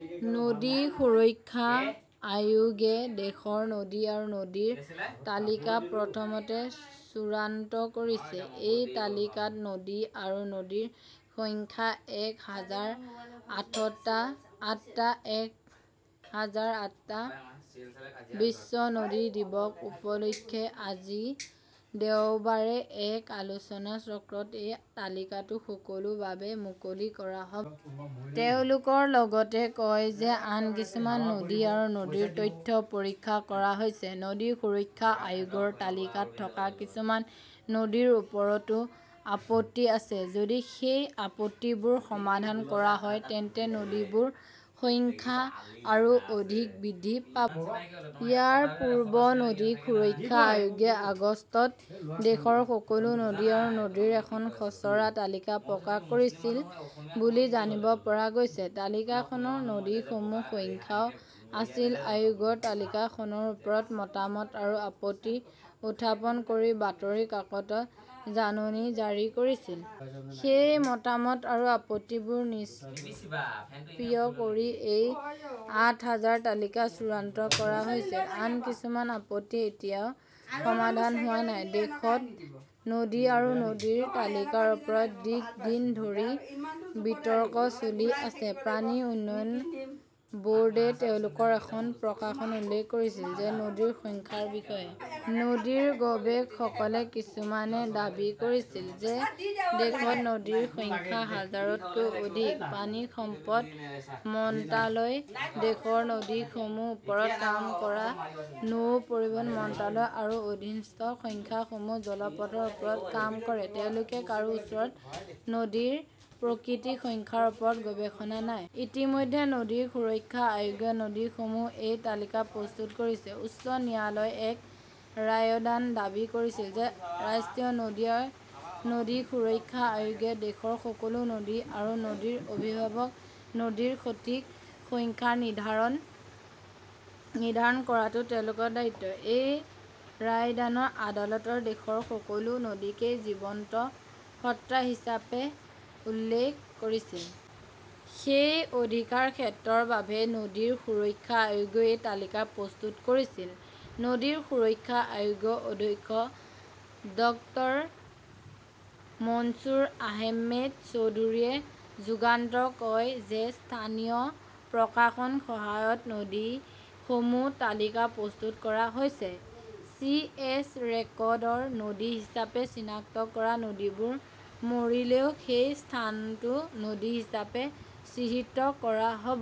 নদী সুৰক্ষা আয়োগে দেশৰ নদী আৰু নদীৰ তালিকা প্ৰথমতে চূড়ান্ত কৰিছে। এই তালিকাত নদী আৰু নদীৰ সংখ্যা এক হাজাৰ আঠটা। বিশ্ব নদী দিৱস উপলক্ষে আজি দেওবাৰে এক আলোচনাচক্ৰত এই তালিকাটো সকলোৰে বাবে মুকলি কৰা হ'ব। তেওঁলোকে লগতে কয় যে আন কিছুমান নদী আৰু নদীৰ তথ্য পৰীক্ষা কৰা হৈছে। নদী সুৰক্ষা আয়োগৰ তালিকাত থকা কিছুমান নদীৰ ওপৰতো আপত্তি আছে। যদি সেই আপত্তিবোৰ সমাধান কৰা হয়, তেন্তে নদীবোৰৰ সংখ্যা আৰু অধিক বৃদ্ধি পাব। ইয়াৰ পূৰ্বে নদী সুৰক্ষা আয়োগে আগষ্টত দেশৰ সকলো নদী আৰু নদীৰ এখন খচৰা তালিকা প্ৰকাশ কৰিছিল বুলি জানিব পৰা গৈছে। তালিকাখনত নদীসমূহৰ সংখ্যাও আছিল। আয়োগে তালিকাখনৰ ওপৰত মতামত আৰু আপত্তি উত্থাপন কৰি বাতৰি কাকতত জাননীও জাৰি কৰিছিল। সেই মতামত আৰু আপত্তিবোৰ নিষ্পত্তি কৰি এই আঠ হাজাৰৰ তালিকা চূড়ান্ত কৰা হৈছিল। আন কিছুমান আপত্তি এতিয়াও সমাধান হোৱা নাই। দেশত নদী আৰু নদীৰ তালিকাৰ ওপৰত দীৰ্ঘদিন ধৰি বিতৰ্ক চলি আছে। পানী উন্নয়ন ব'ৰ্ডে তেওঁলোকৰ এখন প্ৰকাশনত উল্লেখ কৰিছিল যে নদীৰ সংখ্যাৰ বিষয়ে। নদী গৱেষকসকলৰ কিছুমানে দাবী কৰিছিল যে দেশত নদীৰ সংখ্যা হাজাৰতকৈ অধিক। পানী সম্পদ মন্ত্ৰালয়ে দেশৰ নদীসমূহৰ ওপৰত কাম কৰে। নৌ পৰিবহণ মন্ত্ৰালয় আৰু অধীনস্থ সংস্থাসমূহে জলপথৰ ওপৰত কাম কৰে। তেওঁলোকৰ কাৰো ওচৰত নদীৰ প্ৰকৃত সংখ্যাৰ ওপৰত গৱেষণা নাই। ইতিমধ্যে নদী সুৰক্ষা আয়োগে নদীসমূহৰ এই তালিকা প্ৰস্তুত কৰিছে। উচ্চ ন্যায়ালয়ে এক ৰায়দানত দাবী কৰিছিল যে ৰাষ্ট্ৰীয় নদী সুৰক্ষা আয়োগে দেশৰ সকলো নদী আৰু নদীৰ অভিভাৱক, নদীৰ সঠিক সংখ্যা নিৰ্ধাৰণ কৰাটোও তেওঁলোকৰ দায়িত্ব। এই ৰায়দানত আদালতে দেশৰ সকলো নদীক জীৱন্ত সত্তা হিচাপেও উল্লেখ কৰিছিল। সেই অধিকাৰক্ষেত্ৰৰ বাবেই নদী সুৰক্ষা আয়োগে এই তালিকা প্ৰস্তুত কৰিছিল। নদী সুৰক্ষা আয়োগৰ অধ্যক্ষ ডাঃ মঞ্জুৰ আহমেদ চৌধুৰীয়ে যুগান্তৰক কয় যে স্থানীয় প্ৰশাসনৰ সহায়ত নদীসমূহৰ তালিকা প্ৰস্তুত কৰা হৈছে। চি. এছ. ৰেকৰ্ডত নদী হিচাপে চিনাক্ত কৰা নদীবোৰ মৰিলেও সেই স্থানটো নদী হিচাপে চিহ্নিত কৰা হ'ব।